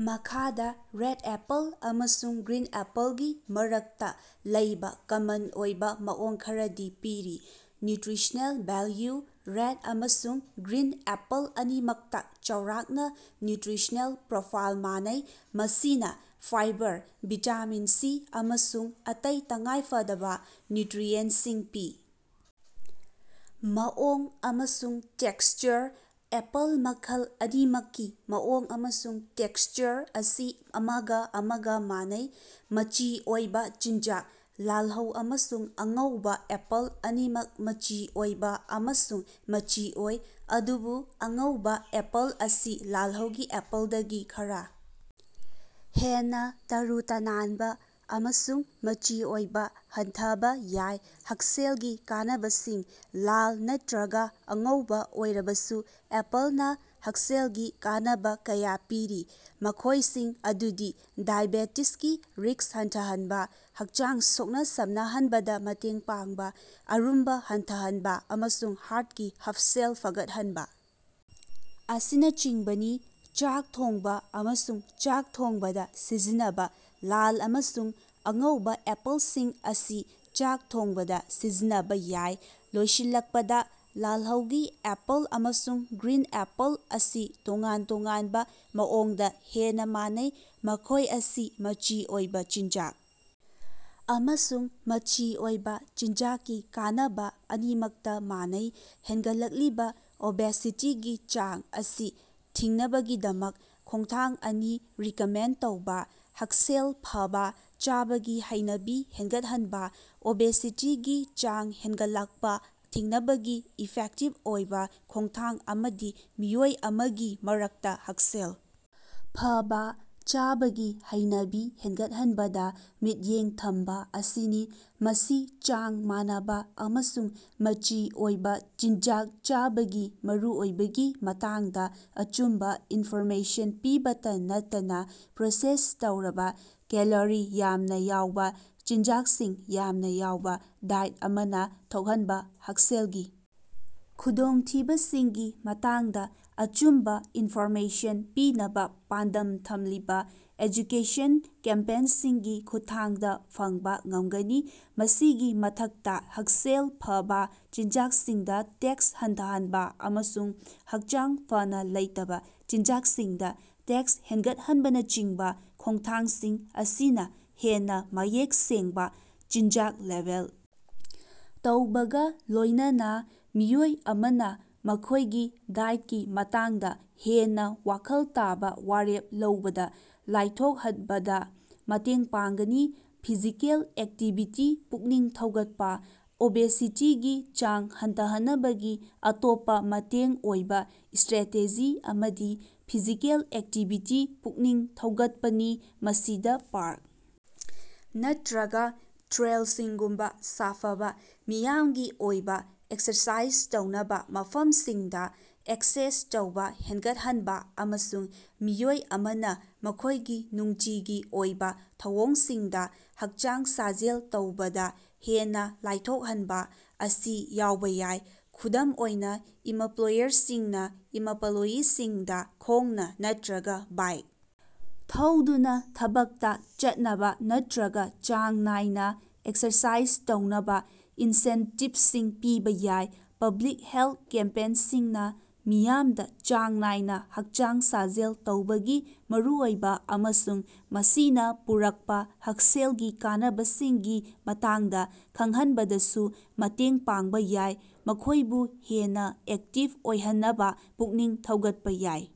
ꯃꯈꯥꯗ red apple ꯑꯃꯁꯨꯡ green ꯑꯦꯄꯜꯒꯤ ꯃꯔꯛꯇꯥ ꯂꯩꯕ ꯀꯃꯟ ꯑꯣꯏꯕ ꯃꯑꯣꯡ ꯈꯔꯗꯤ ꯄꯤꯔꯤ: ꯅ꯭ꯌꯨꯇ꯭ꯔꯤꯁꯅꯦꯜ ꯚꯦꯜꯌꯨ: ꯔꯦꯠ ꯑꯃꯁꯨꯡ ꯒ꯭ꯔꯤꯟ ꯑꯦꯄꯜ ꯑꯅꯤꯃꯛꯇꯥ ꯆꯥꯎꯔꯥꯛꯅꯥ ꯅ꯭ꯌꯨꯇ꯭ꯔꯤꯁꯅꯦꯜ ꯄ꯭ꯔꯣꯐꯥꯏꯜ ꯃꯥꯟꯅꯩ, ꯃꯁꯤꯅꯥ ꯐꯥꯏꯕꯔ, ꯚꯤꯇꯥꯃꯤꯟ ꯁꯤ, ꯑꯃꯁꯨꯡ ꯑꯇꯩ ꯇꯉꯥꯏꯐꯗꯕꯥ ꯅ꯭ꯌꯨꯇ꯭ꯔꯤꯑꯦꯟꯁꯤꯡ ꯄꯤ꯫ ꯃꯑꯣꯡ ꯑꯃꯁꯨꯡ ꯇꯦꯛꯁꯆꯔ: ꯑꯦꯄꯜ ꯃꯈꯜ ꯑꯅꯤꯃꯛꯀꯤ ꯃꯑꯣꯡ ꯑꯃꯁꯨꯡ ꯇꯦꯛꯁꯆꯔ ꯑꯁꯤ ꯑꯃꯒꯥ ꯑꯃꯒꯥ ꯃꯥꯟꯅꯩ, ꯃꯆꯤ ꯑꯣꯏꯕꯥ ꯆꯤꯟꯖꯥꯛ: ꯂꯥꯜꯍꯧ ꯑꯃꯁꯨꯡ ꯑꯉꯧꯕꯥ ꯑꯦꯄꯜ ꯑꯅꯤꯃꯛ ꯃꯆꯤ ꯑꯣꯏꯕ ꯑꯃꯁꯨꯡ ꯃꯆꯤ ꯑꯣꯏ, ꯑꯗꯨꯕꯨ, ꯑꯉꯧꯕꯥ ꯑꯦꯄꯜ ꯑꯁꯤ ꯂꯥꯜꯍꯧꯒꯤ ꯑꯦꯄꯜꯗꯒꯤ ꯈꯔ ꯍꯦꯟꯅꯥ ꯇꯔꯨ-ꯇꯅꯥꯟꯕꯥ ꯑꯃꯁꯨꯡ ꯃꯆꯤ ꯑꯣꯏꯕ ꯍꯟꯊꯕꯥ ꯌꯥꯏ꯫ ꯍꯛꯁꯦꯜꯒꯤ ꯀꯥꯟꯅꯕꯁꯤꯡ: ꯂꯥꯜ ꯅꯠꯇ꯭ꯔꯒꯥ ꯑꯉꯧꯕꯥ ꯑꯣꯏꯔꯕꯁꯨ ꯑꯦꯄꯜꯅꯥ ꯍꯛꯁꯦꯜꯒꯤ ꯀꯥꯟꯅꯕ ꯀꯌꯥ ꯄꯤꯔꯤ, ꯃꯈꯣꯏꯁꯤꯡ ꯑꯗꯨꯗꯤ ꯗꯥꯏꯕꯦꯇꯤꯁꯀꯤ ꯔꯤꯁ꯭ꯛ ꯍꯟꯊꯍꯟꯕꯥ, ꯍꯛꯆꯥꯡ ꯁꯣꯛꯅ-ꯁꯝꯅꯕꯗꯥ ꯃꯇꯦꯡ ꯄꯥꯡꯕ, ꯑꯔꯨꯝꯕꯥ ꯍꯟꯊꯍꯟꯕꯥ, ꯑꯃꯁꯨꯡ ꯍꯥꯔꯠꯀꯤ ꯍꯛꯁꯦꯜ ꯐꯒꯠꯍꯟꯕꯥ ꯑꯁꯤꯅꯆꯤꯡꯕꯅꯤ꯫ ꯆꯥꯛ ꯊꯣꯡꯕꯥ ꯑꯃꯁꯨꯡ ꯆꯥꯛ ꯊꯣꯡꯕꯗꯥ ꯁꯤꯖꯤꯟꯅꯕꯥ: ꯂꯥꯜ ꯑꯃꯁꯨꯡ ꯑꯉꯧꯕꯥ ꯑꯦꯄꯜꯁꯤꯡ ꯑꯁꯤ ꯆꯥꯛ ꯊꯣꯡꯕꯗꯥ ꯁꯤꯖꯤꯟꯅꯕꯥ ꯌꯥꯏ꯫ ꯂꯣꯏꯁꯤꯜꯂꯛꯄꯗꯥ, ꯂꯥꯜꯍꯧꯒꯤ ꯑꯦꯄꯜ ꯑꯃꯁꯨꯡ ꯒ꯭ꯔꯤꯟ ꯑꯦꯄꯜ ꯑꯁꯤ ꯇꯣꯉꯥꯟ ꯇꯣꯉꯥꯟꯕ ꯃꯑꯣꯡꯗꯥ ꯍꯦꯟꯅꯥ ꯃꯥꯟꯅꯩ, ꯃꯈꯣꯏ ꯑꯁꯤ ꯃꯆꯤ ꯑꯣꯏꯕ ꯆꯤꯟꯖꯥꯛ ꯑꯃꯁꯨꯡ ꯃꯆꯤ ꯑꯣꯏꯕ ꯆꯤꯟꯖꯥꯛꯀꯤ ꯀꯥꯟꯅꯕ ꯑꯅꯤꯃꯛꯇꯥ ꯃꯥꯟꯅꯩ꯫ ꯍꯦꯟꯒꯠꯂꯛꯂꯤꯕꯥ ꯑꯣꯕꯦꯁꯤꯇꯤꯒꯤ ꯆꯥꯡ ꯑꯁꯤ ꯊꯤꯡꯅꯕꯒꯤꯗꯃꯛ ꯈꯣꯡꯊꯥꯡ ꯑꯅꯤ ꯔꯤꯀꯃꯦꯟ ꯇꯧꯕ꯫ ꯍꯛꯁꯦꯜ ꯐꯕꯥ ꯆꯥꯕꯒꯤ ꯍꯩꯅꯕꯤ ꯍꯦꯟꯒꯠꯍꯟꯕꯥ: ꯑꯣꯕꯦꯁꯤꯇꯤꯒꯤ ꯆꯥꯡ ꯍꯦꯟꯒꯠꯂꯛꯄꯥ ꯊꯤꯡꯅꯕꯒꯤ ꯏꯐꯦꯛꯇꯤꯚ ꯑꯣꯏꯕ ꯈꯣꯡꯊꯥꯡ ꯑꯃꯗꯤ ꯃꯤꯑꯣꯏ ꯑꯃꯒꯤ ꯃꯔꯛꯇꯥ ꯍꯛꯁꯦꯜ ꯐꯕꯥ ꯆꯥꯕꯒꯤ ꯍꯩꯅꯕꯤ ꯍꯦꯟꯒꯠꯍꯟꯕꯗꯥ ꯃꯤꯠꯌꯦꯡ ꯊꯝꯕꯥ ꯑꯁꯤꯅꯤ꯫ ꯃꯁꯤ ꯆꯥꯡ ꯃꯥꯟꯅꯕ ꯑꯃꯁꯨꯡ ꯃꯆꯤ ꯑꯣꯏꯕ ꯆꯤꯟꯖꯥꯛ ꯆꯥꯕꯒꯤ ꯃꯔꯨꯑꯣꯏꯕꯒꯤ ꯃꯇꯥꯡꯗ ꯑꯆꯨꯝꯕ ꯏꯟꯐꯣꯔꯃꯦꯁꯟ ꯄꯤꯕꯇꯥ ꯅꯠꯇꯅꯥ ꯄ꯭ꯔꯣꯁꯦꯁ ꯇꯧꯔꯕ, ꯀꯦꯂꯣꯔꯤ ꯌꯥꯝꯅ ꯌꯥꯎꯕ ꯆꯤꯟꯖꯥꯛꯁꯤꯡ ꯌꯥꯝꯅ ꯌꯥꯎꯕꯥ ꯗꯥꯏꯠ ꯑꯃꯅꯥ ꯊꯣꯛꯍꯟꯕꯥ ꯍꯛꯁꯦꯜꯒꯤ ꯈꯨꯗꯣꯡꯊꯤꯕꯁꯤꯡꯒꯤ ꯃꯇꯥꯡꯗ ꯑꯆꯨꯝꯕ ꯏꯟꯐꯣꯔꯃꯦꯁꯟ ꯄꯤꯅꯕꯥ ꯄꯥꯟꯗꯝ ꯊꯝꯂꯤꯕꯥ ꯑꯦꯖꯨꯀꯦꯁꯟ ꯀꯦꯝꯄꯦꯟꯁꯤꯡꯒꯤ ꯈꯨꯠꯊꯥꯡꯗ ꯐꯪꯕ ꯉꯝꯒꯅꯤ꯫ ꯃꯁꯤꯒꯤ ꯃꯊꯛꯇꯥ, ꯍꯛꯁꯦꯜ ꯐꯕꯥ ꯆꯤꯟꯖꯥꯛꯁꯤꯡꯗꯥ ꯇꯦꯛꯁ ꯍꯟꯊꯍꯟꯕꯥ ꯑꯃꯁꯨꯡ ꯍꯛꯆꯥꯡ ꯐꯅꯥ ꯂꯩꯇꯕ ꯆꯤꯟꯖꯥꯛꯁꯤꯡꯗꯥ ꯇꯦꯛꯁ ꯍꯦꯟꯒꯠꯍꯟꯕꯅꯆꯤꯡꯕꯥ ꯈꯣꯡꯊꯥꯡꯁꯤꯡ ꯑꯁꯤꯅꯥ ꯍꯦꯟꯅꯥ ꯃꯌꯦꯛ ꯁꯦꯡꯕꯥ ꯆꯤꯟꯖꯥꯛ ꯂꯦꯕꯦꯜ ꯇꯧꯕꯒꯥ ꯂꯣꯏꯅꯅꯥ ꯃꯤꯑꯣꯏ ꯑꯃꯅꯥ ꯃꯈꯣꯏꯒꯤ ꯗꯥꯏꯠꯀꯤ ꯃꯇꯥꯡꯗ ꯍꯦꯟꯅꯥ ꯋꯥꯈꯜ ꯇꯥꯕ ꯋꯥꯔꯦꯞ ꯂꯧꯕꯗ ꯂꯥꯏꯊꯣꯛꯍꯠꯕꯗꯥ ꯃꯇꯦꯡ ꯄꯥꯡꯒꯅꯤ꯫ ꯐꯤꯖꯤꯀꯦꯜ ꯑꯦꯛꯇꯤꯚꯤꯇꯤ ꯄꯨꯛꯅꯤꯡ ꯊꯧꯒꯠꯄꯥ: ꯑꯣꯕꯦꯁꯤꯇꯤꯒꯤ ꯆꯥꯡ ꯍꯟꯊꯍꯟꯅꯕꯒꯤ ꯑꯇꯣꯞꯄꯥ ꯃꯇꯦꯡ ꯑꯣꯏꯕ ꯁꯇ꯭ꯔꯦꯇꯦꯖꯤ ꯑꯃꯗꯤ ꯐꯤꯖꯤꯀꯦꯜ ꯑꯦꯛꯇꯤꯚꯤꯇꯤ ꯄꯨꯛꯅꯤꯡ ꯊꯧꯒꯠꯄꯅꯤ꯫ ꯃꯁꯤꯗ ꯄꯥꯔꯛ ꯅꯠꯇ꯭ꯔꯒꯥ ꯇ꯭ꯔꯦꯜꯁꯤꯡꯒꯨꯝꯕꯥ ꯁꯥꯐꯕ, ꯃꯤꯌꯥꯝꯒꯤ ꯑꯣꯏꯕ ꯑꯦꯛꯁꯔꯁꯥꯏꯖ ꯇꯧꯅꯕ ꯃꯐꯝꯁꯤꯡꯗꯥ ꯑꯦꯛꯁꯦꯁ ꯇꯧꯕ ꯍꯦꯟꯒꯠꯍꯟꯕꯥ ꯑꯃꯁꯨꯡ ꯃꯤꯑꯣꯏ ꯑꯃꯅ ꯃꯈꯣꯏꯒꯤ ꯅꯨꯡꯇꯤꯒꯤ ꯑꯣꯏꯕ ꯊꯧꯑꯣꯡꯁꯤꯡꯗꯥ ꯍꯛꯆꯥꯡ ꯁꯥꯖꯦꯜ ꯇꯧꯕꯗꯥ ꯍꯦꯟꯅꯥ ꯂꯥꯏꯊꯣꯛꯍꯟꯕꯥ ꯑꯁꯤ ꯌꯥꯎꯕ ꯌꯥꯏ꯫ ꯈꯨꯗꯝ ꯑꯣꯏꯅ, ꯏꯃꯄ꯭ꯂꯣꯌꯔꯁꯤꯡꯅꯥ ꯏꯃꯄꯂꯣꯌꯤꯁꯤꯡꯗꯥ ꯈꯣꯡꯅꯥ ꯅꯠꯇ꯭ꯔꯒꯥ ꯕꯥꯏꯛ ꯊꯧꯗꯨꯅꯥ ꯊꯕꯛꯇꯥ ꯆꯠꯅꯕ ꯅꯠꯇ꯭ꯔꯒꯥ ꯆꯥꯡ ꯅꯥꯏꯅꯥ ꯑꯦꯛꯁꯔꯁꯥꯏꯖ ꯇꯧꯅꯕꯥ ꯏꯟꯁꯦꯟꯇꯤꯚꯁꯤꯡ ꯄꯤꯕꯥ ꯌꯥꯏ꯫ ꯄꯕ꯭ꯂꯤꯛ ꯍꯦꯜꯠ ꯀꯦꯝꯄꯦꯟꯁꯤꯡꯅꯥ ꯃꯤꯌꯥꯝꯗ ꯆꯥꯡ ꯅꯥꯏꯅ ꯍꯛꯆꯥꯡ ꯁꯥꯖꯦꯜ ꯇꯧꯕꯒꯤ ꯃꯔꯨꯑꯣꯏꯕ ꯑꯃꯁꯨꯡ ꯃꯁꯤꯅꯥ ꯄꯨꯔꯛꯄꯥ ꯍꯛꯁꯦꯜꯒꯤ ꯀꯥꯟꯅꯕꯁꯤꯡꯒꯤ ꯃꯇꯥꯡꯗ ꯈꯪꯍꯟꯕꯗꯁꯨ ꯃꯇꯦꯡ ꯄꯥꯡꯕ ꯌꯥꯏ, ꯃꯈꯣꯏꯕꯨ ꯍꯦꯟꯅꯥ ꯑꯦꯛꯇꯤꯚ ꯑꯣꯏꯍꯟꯅꯕꯥ ꯄꯨꯛꯅꯤꯡ ꯊꯧꯒꯠꯄꯥ ꯌꯥꯏ꯫